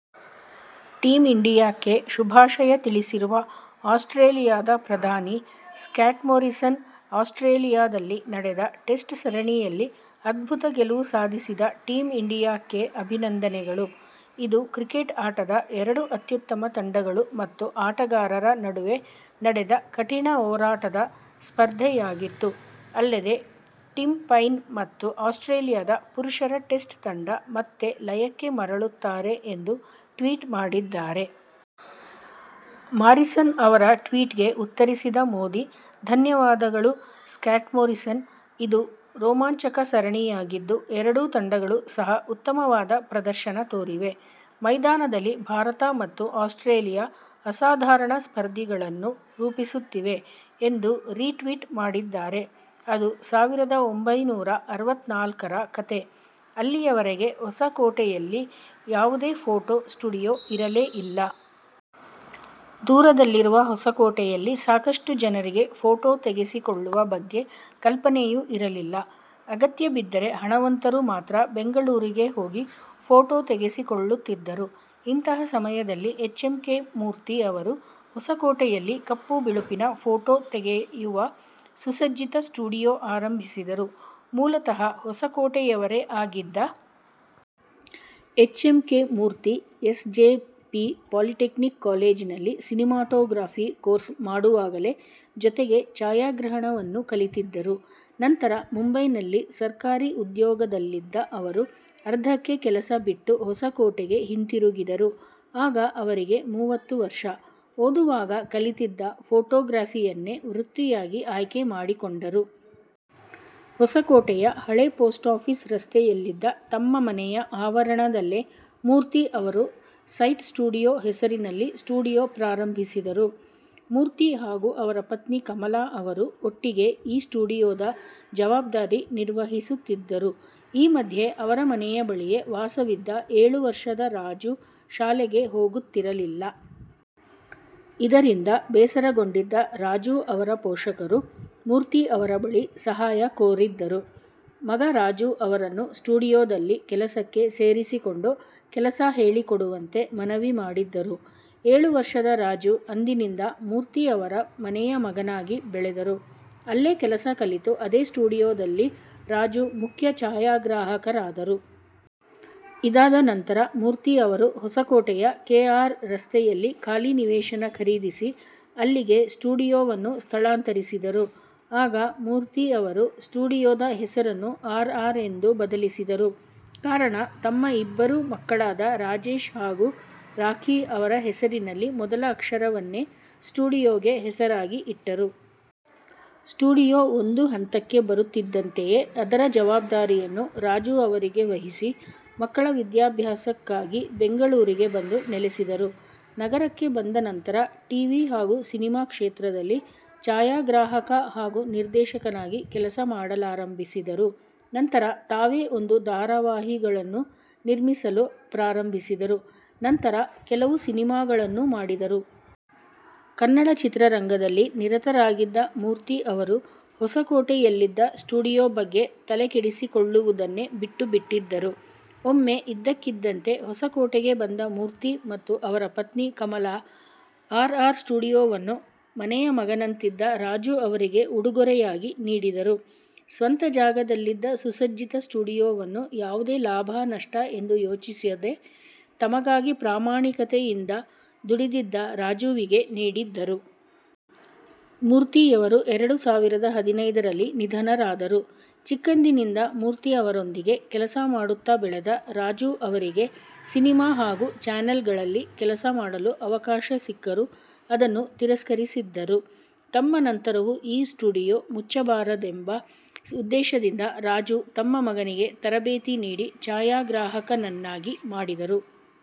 Team ಇಂಡಿಯಾಕ್ಕೆ ಶುಭಾಶಯ ತಿಳಿಸಿರುವ ಆಸ್ಟ್ರೇಲಿಯಾದ ಪ್ರಧಾನಿ ಸ್ಕಾಟ್ಮೊರಿಸನ್, ಆಸ್ಟ್ರೇಲಿಯಾದಲ್ಲಿ ನಡೆದ ಟೆಸ್ಟ್ ಸರಣಿಯಲ್ಲಿ ಅದ್ಭುತ ಗೆಲುವು ಸಾಧಿಸಿದ ಟೀಂ ಇಂಡಿಯಾಕ್ಕೆ ಅಭಿನಂದನೆಗಳು. ಇದು ಕ್ರಿಕೆಟ್ ಆಟದ ಎರಡು ಅತ್ಯುತ್ತಮ ತಂಡಗಳು ಮತ್ತು ಆಟಗಾರರ ನಡುವೆ ನಡೆದ ಕಠಿಣ ಹೋರಾಟದ ಸ್ಪರ್ಧೆಯಾಗಿತ್ತು. ಅಲ್ಲದೆ ಟಿಮ್ ಪೈನ್ ಮತ್ತು ಆಸ್ಟ್ರೇಲಿಯಾದ ಪುರುಷರ ಟೆಸ್ಟ್ ತಂಡ ಮತ್ತೆ ಲಯಕ್ಕೆ ಮರಳುತ್ತಾರೆ ಎಂದು ಟ್ವೀಟ್ ಮಾಡಿದ್ದಾರೆ. ಮಾರಿಸನ್ ಅವರ ಟ್ವೀಟ್ಗೆ ಉತ್ತರಿಸಿದ ಮೋದಿ, ಧನ್ಯವಾದಗಳು ಸ್ಕಾಟ್ಮೊರಿಸನ್, ಇದು ರೋಮಾಂಚಕ ಸರಣಿಯಾಗಿದ್ದು, ಎರಡೂ ತಂಡಗಳು ಸಹ ಉತ್ತಮವಾದ ಪ್ರದರ್ಶನ ತೋರಿವೆ. ಮೈದಾನದಲ್ಲಿ ಭಾರತ ಮತ್ತು ಆಸ್ಟ್ರೇಲಿಯಾ ಅಸಾಧಾರಣ ಸ್ಪರ್ಧಿಗಳನ್ನು ರೂಪಿಸುತ್ತವೆ ಎಂದು ರೀ ಟ್ವೀಟ್ ಮಾಡಿದ್ದಾರೆ. ಅದು ಸಾವಿರದ ಒಂಭೈನೂರ ಅರವತ್ನಾಲ್ಕರ ಕತೆ. ಅಲ್ಲಿಯವರೆಗೆ ಹೊಸಕೋಟೆಯಲ್ಲಿ ಯಾವುದೇ ಫೋಟೊ ಸ್ಟುಡಿಯೊ ಇರಲೇ ಇಲ್ಲ. ದೂರದಲ್ಲಿರುವ ಹೊಸಕೋಟೆಯಲ್ಲಿ ಸಾಕಷ್ಟು ಜನರಿಗೆ ಫೋಟೊ ತೆಗೆಸಿಕೊಳ್ಳುವ ಬಗ್ಗೆ ಕಲ್ಪನೆಯೂ ಇರಲಿಲ್ಲ. ಅಗತ್ಯ ಬಿದ್ದರೆ ಹಣವಂತರು ಮಾತ್ರ ಬೆಂಗಳೂರಿಗೆ ಹೋಗಿ ಫೋಟೊ ತೆಗೆಸಿಕೊಳ್ಳುತ್ತಿದ್ದರು. ಇಂತಹ ಸಮಯದಲ್ಲಿ ಎಚ್. ಎಂ. ಕೆ. ಮೂರ್ತಿ ಅವರು ಹೊಸಕೋಟೆಯಲ್ಲಿ ಕಪ್ಪು ಬಿಳುಪಿನ ಫೋಟೊ ತೆಗೆಯುವ ಸುಸಜ್ಜಿತ ಸ್ಟುಡಿಯೊ ಆರಂಭಿಸಿದರು. ಮೂಲತಃ ಹೊಸಕೋಟೆಯವರೇ ಆಗಿದ್ದ H. M. K. Murthy S. J. P polytechnic ಕಾಲೇಜಿನಲ್ಲಿ ಸಿನಿಮಾಟೋಗ್ರಫಿ ಕೋರ್ಸ್ ಮಾಡುವಾಗಲೇ ಜೊತೆಗೆ ಛಾಯಾಗ್ರಹಣವನ್ನು ಕಲಿತಿದ್ದರು. ನಂತರ ಮುಂಬೈನಲ್ಲಿ ಸರ್ಕಾರಿ ಉದ್ಯೋಗದಲ್ಲಿದ್ದ ಅವರು, ಅರ್ಧಕ್ಕೆ ಕೆಲಸ ಬಿಟ್ಟು ಹೊಸಕೋಟೆಗೆ ಹಿಂತಿರುಗಿದರು. ಆಗ ಅವರಿಗೆ ಮೂವತ್ತು ವರ್ಷ. ಓದುವಾಗ ಕಲಿತಿದ್ದ ಫೋಟೊಗ್ರಫಿಯನ್ನೇ ವೃತ್ತಿಯಾಗಿ ಆಯ್ಕೆ ಮಾಡಿಕೊಂಡರು. ಹೊಸಕೋಟೆಯ ಹಳೇ ಪೋಸ್ಟ್ ಆಫೀಸ್ ರಸ್ತೆಯಲ್ಲಿದ್ದ ತಮ್ಮ ಮನೆಯ ಆವರಣದಲ್ಲೇ ಮೂರ್ತಿ ಅವರು 'ಸೈಟ್ ಸ್ಟುಡಿಯೊ' ಹೆಸರಿನಲ್ಲಿ ಸ್ಟುಡಿಯೊ ಪ್ರಾರಂಭಿಸಿದರು. ಮೂರ್ತಿ ಹಾಗೂ ಅವರ ಪತ್ನಿ ಕಮಲಾ ಅವರು ಒಟ್ಟಿಗೆ ಈ ಸ್ಟುಡಿಯೊದ ಜವಾಬ್ದಾರಿ ನಿರ್ವಹಿಸುತ್ತಿದ್ದರು. ಈ ಮಧ್ಯೆ ಅವರ ಮನೆಯ ಬಳಿಯೇ ವಾಸವಿದ್ದ ಏಳು ವರ್ಷದ ರಾಜು ಶಾಲೆಗೆ ಹೋಗುತ್ತಿರಲಿಲ್ಲ. ಇದರಿಂದ ಬೇಸರಗೊಂಡಿದ್ದ ರಾಜು ಅವರ ಪೋಷಕರು ಮೂರ್ತಿ ಅವರ ಬಳಿ ಸಹಾಯ ಕೋರಿದ್ದರು. ಮಗ ರಾಜು ಅವರನ್ನು ಸ್ಟುಡಿಯೊದಲ್ಲಿ ಕೆಲಸಕ್ಕೆ ಸೇರಿಸಿಕೊಂಡು ಕೆಲಸ ಹೇಳಿಕೊಡುವಂತೆ ಮನವಿ ಮಾಡಿದ್ದರು. ಏಳು ವರ್ಷದ ರಾಜು ಅಂದಿನಿಂದ ಮೂರ್ತಿ ಅವರ ಮನೆಯ ಮಗನಾಗಿ ಬೆಳೆದರು. ಅಲ್ಲೇ ಕೆಲಸ ಕಲಿತು, ಅದೇ ಸ್ಟುಡಿಯೊದಲ್ಲಿ ರಾಜು ಮುಖ್ಯ ಛಾಯಾಗ್ರಾಹಕರಾದರು. ಇದಾದ ನಂತರ ಮೂರ್ತಿ ಅವರು ಹೊಸಕೋಟೆಯ ಕೆ. ಆರ್. ರಸ್ತೆಯಲ್ಲಿ ಖಾಲಿ ನಿವೇಶನ ಖರೀದಿಸಿ, ಅಲ್ಲಿಗೆ ಸ್ಟುಡಿಯೊವನ್ನು ಸ್ಥಳಾಂತರಿಸಿದರು. ಆಗ ಮೂರ್ತಿ ಅವರು ಸ್ಟುಡಿಯೊದ ಹೆಸರನ್ನು ಆರ್. ಆರ್. ಎಂದು ಬದಲಿಸಿದರು. ಕಾರಣ ತಮ್ಮ ಇಬ್ಬರು ಮಕ್ಕಳಾದ ರಾಜೇಶ್ ಹಾಗೂ ರಾಖಿ ಅವರ ಹೆಸರಿನ ಮೊದಲ ಅಕ್ಷರವನ್ನೇ ಸ್ಟುಡಿಯೊಗೆ ಹೆಸರಾಗಿ ಇಟ್ಟರು. ಸ್ಟುಡಿಯೊ ಒಂದು ಹಂತಕ್ಕೆ ಬರುತ್ತಿದ್ದಂತೆಯೇ ಅದರ ಜವಾಬ್ದಾರಿಯನ್ನು ರಾಜು ಅವರಿಗೆ ವಹಿಸಿ ಮಕ್ಕಳ ವಿದ್ಯಾಭ್ಯಾಸಕ್ಕಾಗಿ ಬೆಂಗಳೂರಿಗೆ ಬಂದು ನೆಲೆಸಿದರು. ನಗರಕ್ಕೆ ಬಂದ ನಂತರ ಟೀವಿ ಹಾಗೂ ಸಿನಿಮಾ ಕ್ಷೇತ್ರದಲ್ಲಿ ಛಾಯಾಗ್ರಾಹಕ ಹಾಗೂ ನಿರ್ದೇಶಕನಾಗಿ ಕೆಲಸ ಮಾಡಲಾರಂಭಿಸಿದರು. ನಂತರ ತಾವೇ ಒಂದು ಧಾರಾವಾಹಿಗಳನ್ನೂ ನಿರ್ಮಿಸಲು ಪ್ರಾರಂಭಿಸಿದರು. ನಂತರ ಕೆಲವು ಸಿನಿಮಾಗಳನ್ನೂ ಮಾಡಿದರು. ಕನ್ನಡ ಚಿತ್ರರಂಗದಲ್ಲಿ ನಿರತರಾಗಿದ್ದ ಮೂರ್ತಿ ಅವರು ಹೊಸಕೋಟೆಯಲ್ಲಿದ್ದ ಸ್ಟುಡಿಯೊ ಬಗ್ಗೆ ತಲೆಕೆಡಿಸಿಕೊಳ್ಳುವುದನ್ನೇ ಬಿಟ್ಟುಬಿಟ್ಟಿದ್ದರು. ಒಮ್ಮೆ ಇದ್ದಕ್ಕಿದ್ದಂತೆ ಹೊಸಕೋಟೆಗೆ ಬಂದ ಮೂರ್ತಿ ಮತ್ತು ಅವರ ಪತ್ನಿ ಕಮಲಾ ಆರ್. ಆರ್. ಸ್ಟುಡಿಯೊವನ್ನು ಮನೆಯ ಮಗನಂತಿದ್ದ ರಾಜು ಅವರಿಗೆ ಉಡುಗೊರೆಯಾಗಿ ನೀಡಿದರು. ಸ್ವಂತ ಜಾಗದಲ್ಲಿದ್ದ ಸುಸಜ್ಜಿತ ಸ್ಟುಡಿಯೊವನ್ನು ಯಾವುದೇ ಲಾಭ–ನಷ್ಟ ಎಂದು ಯೋಚಿಸದೆ ತಮಗಾಗಿ ಪ್ರಾಮಾಣಿಕತೆಯಿಂದ ದುಡಿದಿದ್ದ ರಾಜುವಿಗೆ ನೀಡಿದ್ದರು. ಮೂರ್ತಿಯವರು ಎರಡು ಸಾವಿರದ ಹದಿನೈದರಲ್ಲಿ ನಿಧನರಾದರು. ಚಿಕ್ಕಂದಿನಿಂದ ಮೂರ್ತಿ ಅವರೊಂದಿಗೆ ಕೆಲಸ ಮಾಡುತ್ತ ಬೆಳೆದ ರಾಜು ಅವರಿಗೆ ಸಿನಿಮಾ ಹಾಗೂ ಚಾನಲ್ಗಳಲ್ಲಿ ಕೆಲಸ ಮಾಡಲು ಅವಕಾಶ ಸಿಕ್ಕರೂ ಅದನ್ನು ತಿರಸ್ಕರಿಸಿದ್ದರು. ತಮ್ಮ ನಂತರವೂ ಈ ಸ್ಟುಡಿಯೊ ಮುಚ್ಚಬಾರದೆಂಬ ಉದ್ದೇಶದಿಂದ ರಾಜು, ತಮ್ಮ ಮಗನಿಗೆ ತರಬೇತಿ ನೀಡಿ ಛಾಯಾಗ್ರಾಹಕನನ್ನಾಗಿ ಮಾಡಿದರು.